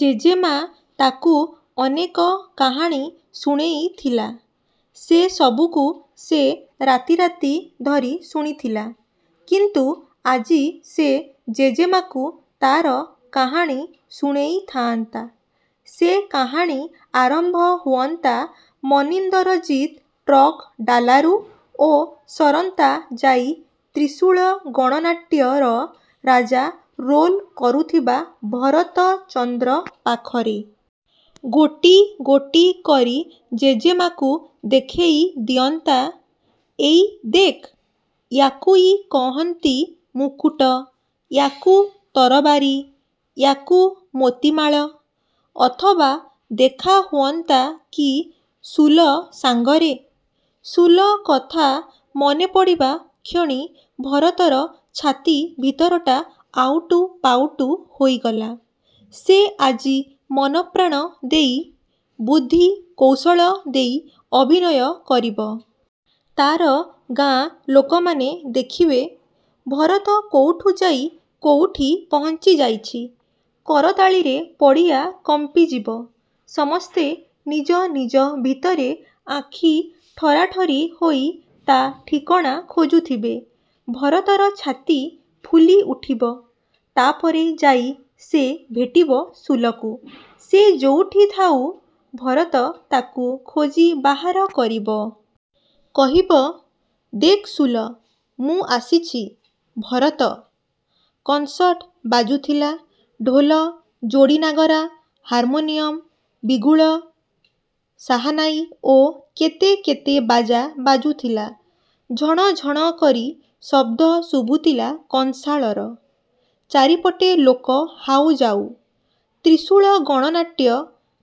ଜେଜେମା ତାକୁ ଅନେକ କାହାଣୀ ଶୁଣେଇଥିଲା। ସେସବୁକୁ ସେ ରାତିରାତି ଧରି ଶୁଣିଥିଲା। କିନ୍ତୁ ଆଜି ସେ ଜେଜେମାକୁ ତାର କାହାଣୀ ଶୁଣେଇଥାଆନ୍ତା। ସେ କାହାଣୀ ଆରମ୍ଭ ହୁଅନ୍ତା ମନିନ୍ଦରଜିତ୍ ଟ୍ରକ୍ ଡାଲାରୁ ଓ ସରନ୍ତା ଯାଇ 'ତ୍ରିଶୂଳ ଗଣନାଟ୍ୟ'ର ରାଜା ରୋଲ୍ କରୁଥିବା ଭରତ ଚନ୍ଦ୍ର ପାଖରେ। ଗୋଟି ଗୋଟି କରି ଜେଜେମାକୁ ଦେଖେଇ ଦିଅନ୍ତା, "ଏଇ ଦେଖ୍, ୟାକୁଇ କହନ୍ତି ମୁକୁଟ, ୟାକୁ ତରବାରୀ, ୟାକୁ ମୋତିମାଳ!" ଅଥବା ଦେଖାହୁଅନ୍ତା କି ସୁଲ ସାଙ୍ଗରେ! ସୁଲ କଥା ମନେପଡ଼ିବା କ୍ଷଣି ଭରତର ଛାତି ଭିତରଟା ଆଉଟୁ ପାଉଟୁ ହୋଇଗଲା। ସେ ଆଜି ମନପ୍ରାଣ ଦେଇ, ବୁଦ୍ଧି କୌଶଳ ଦେଇ ଅଭିନୟ କରିବ। ତାର ଗାଁ ଲୋକମାନେ ଦେଖିବେ, ଭରତ କୋଉଠୁ ଯାଇ କୋଉଠି ପହଞ୍ଚିଯାଇଛି! କରତାଳିରେ ପଡ଼ିଆ କମ୍ପିଯିବ। ସମସ୍ତେ ନିଜ ନିଜ ଭିତରେ ଆଖି ଠରାଠରି ହୋଇ ତା ଠିକଣା ଖୋଜୁଥିବେ। ଭରତର ଛାତି ଫୁଲି ଉଠିବ। ତାପରେ ଯାଇ ସେ ଭେଟିବ ସୁଲକୁ। ସେ ଯୋଉଠି ଥାଉ, ଭରତ ତାକୁ ଖୋଜି ବାହାର କରିବ। କହିବ, "ଦେଖ୍ ସୁଲ! ମୁଁ ଆସିଛି। ଭରତ।" କନ୍ସର୍ଟ ବାଜୁଥିଲା। ଢୋଲ, ଯୋଡ଼ିନାଗରା, ହାର୍ମୋନିୟମ, ବିଗୁଲ, ସାହାନାଇ ଓ କେତେ କେତେ ବାଜା ବାଜୁଥିଲା। ଝଣଝଣ କରି ଶବ୍ଦ ଶୁଭୁଥିଲା କଂସାଳର। ଚାରିପଟେ ଲୋକ ହାଉଯାଉ। 'ତ୍ରିଶୂଳ ଗଣନାଟ୍ୟ'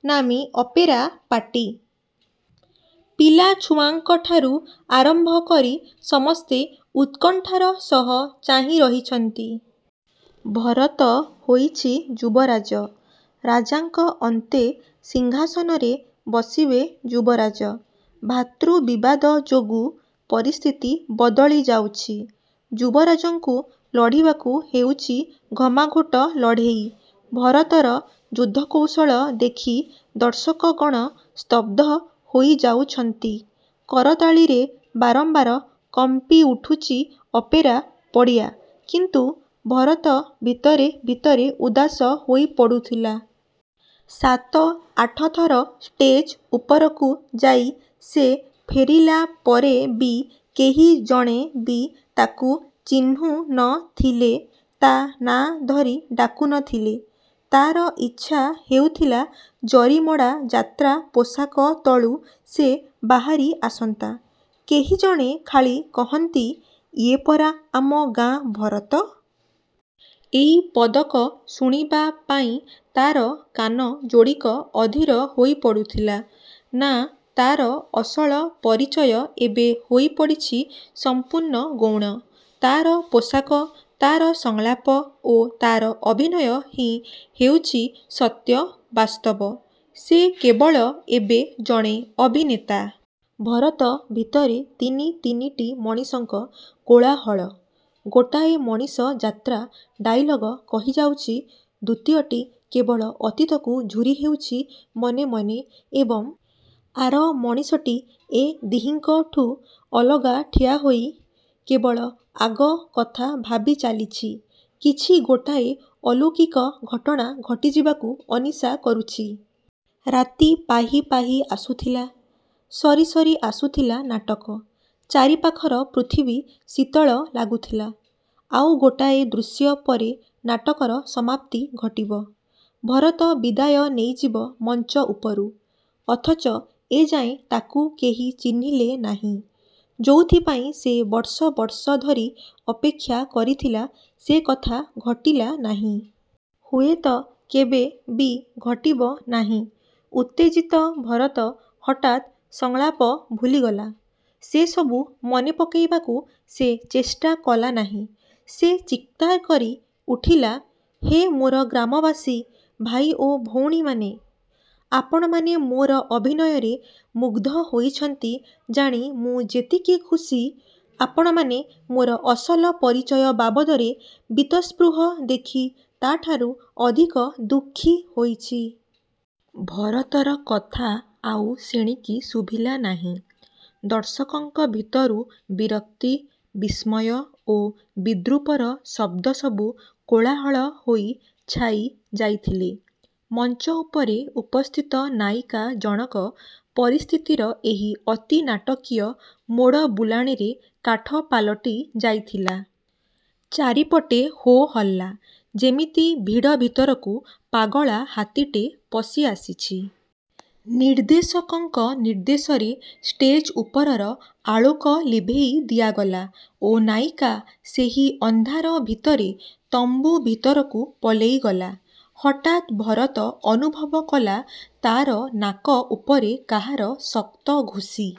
ନାମୀ ଅପେରା ପାର୍ଟି। ପିଲାଛୁଆଙ୍କଠାରୁ ଆରମ୍ଭ କରି ସମସ୍ତେ ଉତ୍କଣ୍ଠାର ସହ ଚାହିଁରହିଛନ୍ତି। ଭରତ ହୋଇଛି ଯୁବରାଜ। ରାଜାଙ୍କ ଅନ୍ତେ ସିଂହାସନରେ ବସିବେ ଯୁବରାଜ। ଭାତୃବିବାଦ ଯୋଗୁ ପରିସ୍ଥିତି ବଦଳିଯାଉଛି। ଯୁବରାଜଙ୍କୁ ଲଢ଼ିବାକୁ ହେଉଛି ଘମାଘୋଟ ଲଢ଼େଇ। ଭରତର ଯୁଦ୍ଧକୌଶଳ ଦେଖି ଦର୍ଶକଗଣ ସ୍ତବ୍ଧ ହୋଇଯାଉଛନ୍ତି। କରତାଳିରେ ବାରମ୍ବାର କମ୍ପିଉଠୁଛି ଅପେରା-ପଡ଼ିଆ। କିନ୍ତୁ ଭରତ ଭିତରେ ଭିତରେ ଉଦାସ ହୋଇପଡ଼ୁଥିଲା। ସାତ ଆଠଥର ଷ୍ଟେଜ୍ ଉପରକୁ ଯାଇ ସେ ଫେରିଲା ପରେ ବି କେହି ଜଣେ ବି ତାକୁ ଚିହ୍ନୁ ନ ଥିଲେ, ତା ନାଁ ଧରି ଡାକୁନଥିଲେ। ତାର ଇଚ୍ଛା ହେଉଥିଲା ଜରିମଡ଼ା ଯାତ୍ରା ପୋଷାକ ତଳୁ ସେ ବାହାରି ଆସନ୍ତା। କେହି ଜଣେ ଖାଲି କହନ୍ତି, "ଇଏ ପରା ଆମ ଗାଁ ଭରତ।" ଏଇ ପଦକ ଶୁଣିବା ପାଇଁ ତାର କାନ ଯୋଡ଼ିକ ଅଧୀର ହୋଇପଡ଼ୁଥିଲା। ନା, ତାର ଅସଲ ପରିଚୟ ଏବେ ହୋଇପଡ଼ିଛି ସଂପୂର୍ଣ୍ଣ ଗୌଣ। ତାର ପୋଷାକ, ତାର ସଂଳାପ ଓ ତାର ଅଭିନୟ ହିଁ ହେଉଛି ସତ୍ୟ, ବାସ୍ତବ। ସେ କେବଳ ଏବେ ଜଣେ ଅଭିନେତା। ଭରତ ଭିତରେ ତିନି ତିନିଟି ମଣିଷଙ୍କ କୋଳାହଳ। ଗୋଟାଏ ମଣିଷ ଯାତ୍ରା ଡାଇଲଗ କହିଯାଉଛି, ଦ୍ୱିତୀୟଟି କେବଳ ଅତୀତକୁ ଝୁରିହେଉଛି ମନେ ମନେ ଏବଂ ଆର ମଣିଷଟି ଏ ଦିହିଁଙ୍କଠୁ ଅଲଗା ଠିଆହୋଇ କେବଳ ଆଗ କଥା ଭାବିଚାଲିଛି। କିଛି ଗୋଟାଏ ଅଲୌକିକ ଘଟଣା ଘଟିଯିବାକୁ ଅନିଶା କରୁଛି। ରାତି ପାହି ପାହି ଆସୁଥିଲା। ସରିସରି ଆସୁଥିଲା ନାଟକ। ଚାରିପାଖର ପୃଥିବୀ ଶୀତଳ ଲାଗୁଥିଲା। ଆଉ ଗୋଟାଏ ଦୃଶ୍ୟ ପରେ ନାଟକର ସମାପ୍ତି ଘଟିବ। ଭରତ ବିଦାୟ ନେଇଯିବ ମଞ୍ଚ ଉପରୁ। ଅଥଚ ଏଯାଏ ତାକୁ କେହି ଚିହ୍ନିଲେ ନାହିଁ। ଯୋଉଥିପାଇଁ ସେ ବର୍ଷ ବର୍ଷ ଧରି ଅପେକ୍ଷା କରିଥିଲା ସେକଥା ଘଟିଲା ନାହିଁ। ହୁଏତ କେବେ ବି ଘଟିବ ନାହିଁ। ଉତ୍ତେଜିତ ଭରତ ହଠାତ୍ ସଂଳାପ ଭୁଲିଗଲା। ସେସବୁ ମନେପକେଇବାକୁ ସେ ଚେଷ୍ଟା କଲାନାହିଁ। ସେ ଚିତ୍କାର କରି ଉଠିଲା, "ହେ ମୋର ଗ୍ରାମବାସୀ, ଭାଇ ଓ ଭଉଣୀମାନେ। ଆପଣମାନେ ମୋର ଅଭିନୟରେ ମୁଗ୍ଧ ହୋଇଛନ୍ତି ଜାଣି ମୁଁ ଯେତିକି ଖୁସି, ଆପଣମାନେ ମୋର ଅସଲ ପରିଚୟ ବାବଦରେ ବୀତସ୍ପୃହ ଦେଖି ତାଠାରୁ ଅଧିକ ଦୁଃଖୀ ହୋଇଛି..." ଭରତର କଥା ଆଉ ସେଣିକି ଶୁଭିଲା ନାହିଁ। ଦର୍ଶକଙ୍କ ଭିତରୁ ବିରକ୍ତି, ବିସ୍ମୟ ଓ ବିଦ୍ରୂପର ଶବ୍ଦସବୁ କୋଳାହଳ ହୋଇ ଛାଇଯାଇଥିଲେ। ମଞ୍ଚ ଉପରେ ଉପସ୍ଥିତ ନାୟିକା ଜଣକ ପରିସ୍ଥିତିର ଏହି ଅତିନାଟକୀୟ ମୋଡ଼ବୁଲାଣିରେ କାଠ ପାଲଟି ଯାଇଥିଲା। ଚାରିପଟେ ହୋ-ହଲ୍ଲା। ଯେମିତି ଭିଡ଼ ଭିତରକୁ ପାଗଳା ହାତୀଟେ ପଶିଆସିଛି। ନିର୍ଦ୍ଦେଶକଙ୍କ ନିର୍ଦ୍ଦେଶରେ ଷ୍ଟେଜ୍ ଉପର ଆଳକ ଲିଭେଇ ଦିଆଗଲା ଓ ନାୟିକା ସେହି ଅନ୍ଧାର ଭିତରେ ତମ୍ବୁ ଭିତରକୁ ପଲେଇଗଲା। ହଠାତ୍ ଭରତ ଅନୁଭବ କଲା, ତାର ନାକ ଉପରେ କାହାର ଶକ୍ତ ଘୁଷି।